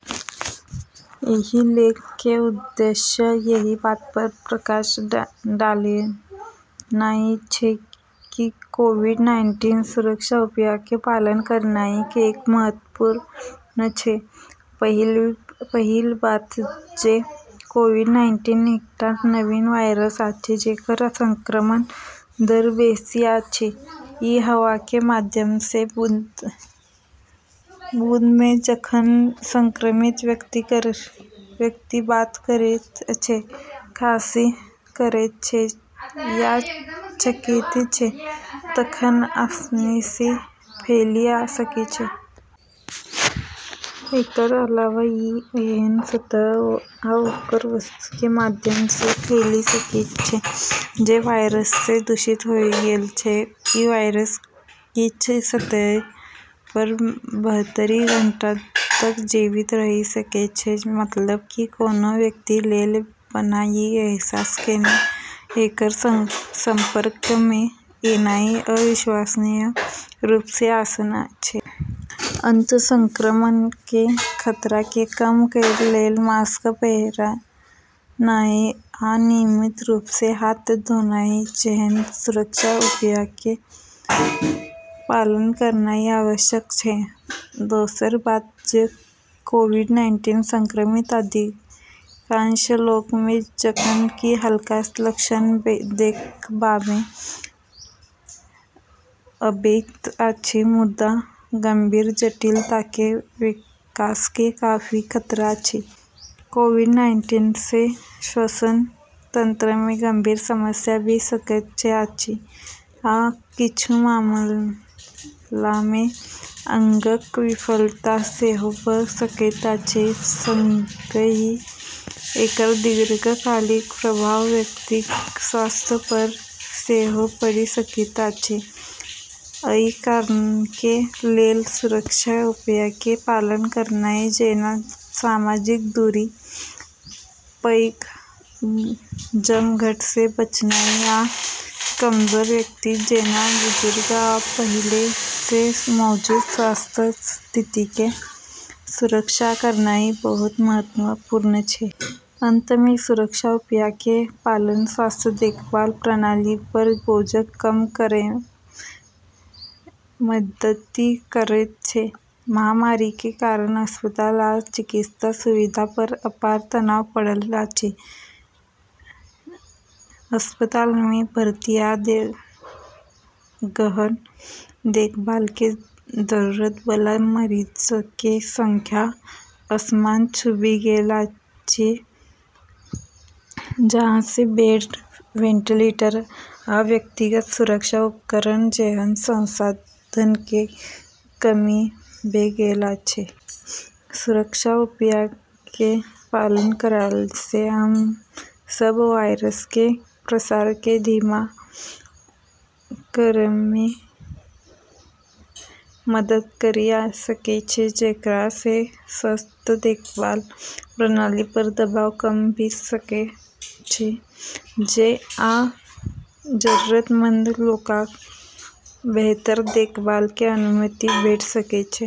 एहि लेख क' उद्देश्य एहि बात पर प्रकाश डालनाइ छै कि कोविड-नाइन्टीन सुरक्षा उपायके पालन करनाइ किएक महत्वपूर्ण छै। पहिल बात जे कोविड-नाइन्टीन एकटा नवीन वायरस अछि जकर संक्रमण दर बेसी अछि। ई हवाके माध्यमसँ, बूंदमे, जखन संक्रमित व्यक्ति बात करैत छै, खांसी करैत छै या छींकैत छै तखन आसानीसँ फैलि सकै छै । एकर अलावा ई एहन सतह आओर वस्तुके माध्यमसँ फैलि सकै छै जे वायरससँ दूषित होइ गेल छै। ई वायरस किछ सतहऽ पर बहत्तरि घंटा तक जीवित रहि सकै छै, मतलब कि कोनो व्यक्ति लेल बिना ई अहसास केने एकर संपर्कमे एनाइ अविश्वसनीय रूपसँ आसान छै। अत: संक्रमणके खतराके कम करै लेल मास्क पहिरनाइ आ नियमित रूपसँ हाथ धोनाइ जेहन सुरक्षा उपायके पालन करनाइ आवश्यक छै । दोसर बात जे कोविड-नाइन्टीन संक्रमित अधिकांश लोकमे जखन कि हल्का लक्षण देखबामे अबैत अछि, मुदा गंभीर जटिलताके विकासके काफी खतरा अछि । कोविड-नाइन्टीनसँ श्वसन तंत्रमे गंभीर समस्या भ' सकैत अछि, आ किछु मामलामे अंगक विफलता सेहो भ' सकैत अछि। संगहि, एकर दीर्घकालिक प्रभाव व्यक्तिक स्वास्थ्य पर सेहो पड़ि सकैत अछि। अइ कारणके लेल सुरक्षा उपायके पालन करनाइ जेना सामाजिक दूरी, पैघ जमघट सँ बचनाय, आ कमजोर व्यक्ति जेना बुजुर्ग आ पहिले सँ मौजूद स्वास्थ्य स्थितिके सुरक्षा करनाइ बहुत महत्वपूर्ण छै । अंतमे, सुरक्षा उपायके पालन स्वास्थ्य देखभाल प्रणाली पर बोझक कम करैमे मदति करैत छै । महामारीके कारण अस्पताल आ चिकित्सा सुविधा पर अपार तनाव पड़ल अछि। अस्पतालमे भर्ती आ गहन देखभालके जरूरतबला मरीजके संख्या आसमान छूबि गेल अछि, जाहिसँ बेड, वेंटिलेटर, आ व्यक्तिगत सुरक्षा उपकरण जेहन संसाधनके कमी भ' गेल अछि । सुरक्षा उपायके पालन करलासँ हमसब वायरसकेँ प्रसारकेँ धीमा करेमे मदति करि सकै छी, जेकरासँ स्वास्थ्य देखभाल प्रणाली पर दबाव कम भ' सकै छै आ जरूरतमंद लोकक बेहतर देखभालकें अनुमति भेट सकै छै ।